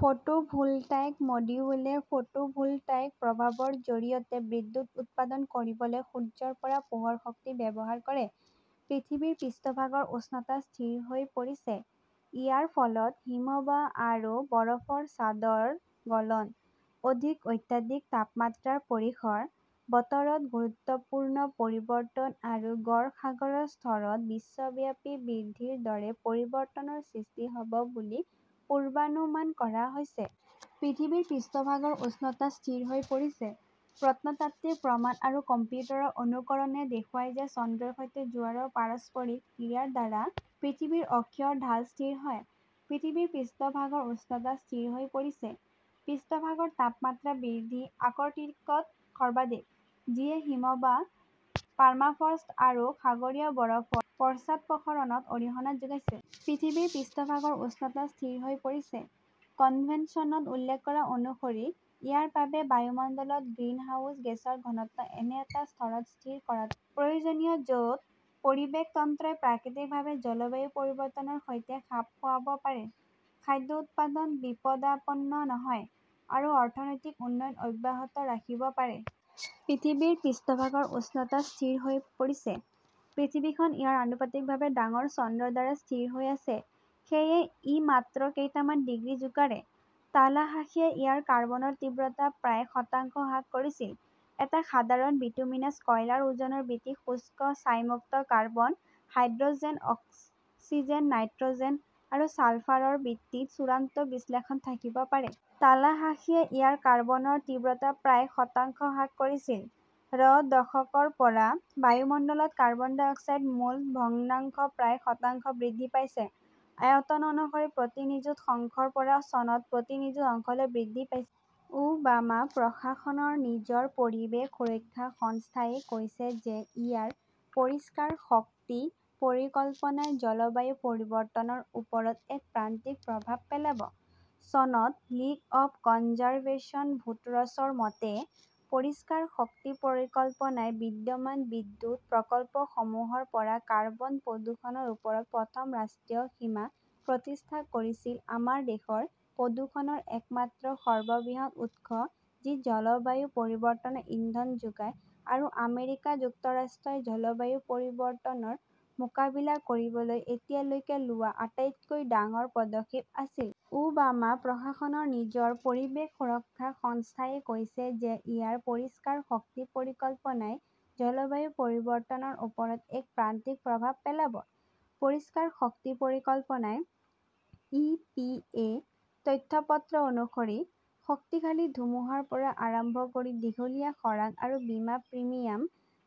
Photovoltaic মডিউলে photovoltaic প্ৰভাৱৰ জৰিয়তে বিদ্যুৎ উৎপাদন কৰিবলৈ সূৰ্যৰ পৰা পোহৰ শক্তি ব্যৱহাৰ কৰে। পৃথিৱীৰ পৃষ্ঠভাগৰ উষ্ণতা "স্থিৰ হৈ পৰিছে"। ইয়াৰ ফলত হিমবাহ আৰু বৰফৰ চাদৰ গলন, অধিক অত্যাধিক তাপমাত্ৰাৰ পৰিসৰ, বতৰত গুৰুত্বপূৰ্ণ পৰিৱৰ্তন আৰু গড় সাগৰৰ স্তৰত বিশ্বব্যাপী বৃদ্ধিৰ দৰে পৰিৱৰ্তনৰ সৃষ্টি হ 'ব বুলি পূৰ্বানুমান কৰা হৈছে। পৃথিৱীৰ পৃষ্ঠভাগৰ উষ্ণতা "স্থিৰ হৈ পৰিছে"। প্ৰত্নতাত্ত্বিক প্ৰমাণ আৰু কম্পিউটাৰৰ অনুকৰণে দেখুৱায় যে চন্দ্ৰৰ সৈতে জোৱাৰৰ পাৰস্পৰিক ক্ৰিয়াৰ দ্বাৰা পৃথিৱীৰ অক্ষীয় ঢাল স্থিৰ হয়। পৃথিৱীৰ পৃষ্ঠভাগৰ উষ্ণতা "স্থিৰ হৈ পৰিছে"। পৃষ্ঠভাগৰ তাপমাত্ৰা বৃদ্ধি আৰ্কটিকত সৰ্বাধিক, যিয়ে হিমবাহ, পাৰ্মাফ্ৰষ্ট আৰু সাগৰীয় বৰফৰ পশ্চাদপসৰণত অৰিহণা যোগাইছে। পৃথিৱীৰ পৃষ্ঠভাগৰ উষ্ণতা "স্থিৰ হৈ পৰিছে"। কনভেনশ্যনত উল্লেখ কৰা অনুসৰি, ইয়াৰ বাবে বায়ুমণ্ডলত গ্ৰিনহাউস গেছৰ ঘনত্ব এনে এটা স্তৰত স্থিৰ কৰাটো প্ৰয়োজনীয় য 'ত পৰিৱেশ তন্ত্ৰই প্ৰাকৃতিকভাৱে জলবায়ু পৰিৱৰ্তনৰ সৈতে খাপ খুৱাব পাৰে, খাদ্য উৎপাদন বিপদাপন্ন নহয়, আৰু অৰ্থনৈতিক উন্নয়ন অব্যাহত ৰাখিব পাৰে। পৃথিৱীৰ পৃষ্ঠভাগৰ উষ্ণতা "স্থিৰ হৈ পৰিছে"। পৃথিৱীখন ইয়াৰ আনুপাতিকভাৱে ডাঙৰ চন্দ্ৰৰ দ্বাৰা স্থিৰ হৈ আছে, সেয়েহে ই মাত্ৰ কেইটামান ডিগ্ৰী জোকাৰে। তালাহাসীয়ে ইয়াৰ কাৰ্বনৰ তীব্ৰতা প্ৰায় শতাংশ হ্ৰাস কৰিছিল। এটা সাধাৰণ বিটুমিনাছ কয়লাৰ ওজনৰ ভিত্তিত শুষ্ক, ছাই-মুক্ত carbon, "hydrogen, oxygen, nitrogen, আৰু ছালফাৰৰ ভিত্তিত চূড়ান্ত বিশ্লেষণ থাকিব পাৰে। তালাহাসীয়ে ইয়াৰ কাৰ্বনৰ তীব্ৰতা প্ৰায় শতাংশ হ্ৰাস কৰিছিল। -ৰ দশকৰ পৰা বায়ুমণ্ডলত কাৰ্বন ডাই অক্সাইড মোল ভগ্নাংশ প্ৰায় শতাংশ বৃদ্ধি পাইছে, আয়তন অনুসৰি প্ৰতি নিযুত অংশৰ পৰা চনত প্ৰতি নিযুত অংশলৈ বৃদ্ধি পাইছে। ওবামা প্ৰশাসনৰ "নিজৰ পৰিৱেশ সুৰক্ষা সংস্থা" য়ে কৈছে যে ইয়াৰ পৰিষ্কাৰ শক্তি পৰিকল্পনাই "জলবায়ু পৰিৱৰ্তনৰ ওপৰত এক প্ৰান্তিক প্ৰভাৱ পেলাব"। চনত লীগ অৱ কনজাৰভেচন ভোটৰছৰ মতে, পৰিষ্কাৰ শক্তি পৰিকল্পনাই "বিদ্যমান বিদ্যুৎ প্ৰকল্পসমূহৰ পৰা কাৰ্বন প্ৰদূষণৰ ওপৰত প্ৰথম ৰাষ্ট্ৰীয় সীমা প্ৰতিষ্ঠা কৰিছিল-আমাৰ দেশৰ প্ৰদূষণৰ একমাত্ৰ সৰ্ববৃহৎ উৎস যি জলবায়ু পৰিৱৰ্তনক ইন্ধন যোগায়" আৰু আমেৰিকা যুক্তৰাষ্ট্ৰই "জলবায়ু পৰিৱৰ্তনৰ মোকাবিলা কৰিবলৈ এতিয়ালৈকে লোৱা" আটাইতকৈ ডাঙৰ পদক্ষেপ "আছিল। ওবামা প্ৰশাসনৰ "নিজৰ পৰিৱেশ সুৰক্ষা সংস্থা" য়ে কৈছে যে ইয়াৰ পৰিষ্কাৰ শক্তি পৰিকল্পনাই "জলবায়ু পৰিৱৰ্তনৰ ওপৰত এক প্ৰান্তিক প্ৰভাৱ পেলাব"। পৰিষ্কাৰ শক্তি পৰিকল্পনাৰ ই. পি. এ. তথ্যপত্ৰ অনুসৰি, শক্তিশালী ধুমুহাৰ পৰা আৰম্ভ কৰি দীঘলীয়া খৰাং আৰু বীমা প্ৰিমিয়াম,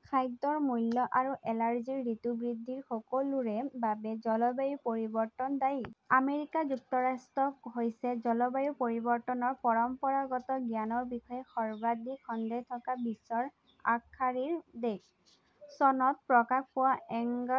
খাদ্যৰ মূল্য আৰু এলাৰ্জিৰ ঋতু বৃদ্ধিৰ সকলোৰে বাবে জলবায়ু পৰিৱৰ্তন দায়ী। আমেৰিকা যুক্তৰাষ্ট্ৰ হৈছে "জলবায়ু পৰিৱৰ্তনৰ পৰম্পৰাগত জ্ঞানৰ বিষয়ে সৰ্বাধিক সন্দেহ থকা" বিশ্বৰ আগশাৰীৰ দেশ। চনত প্ৰকাশ পোৱা এঙ্গাছ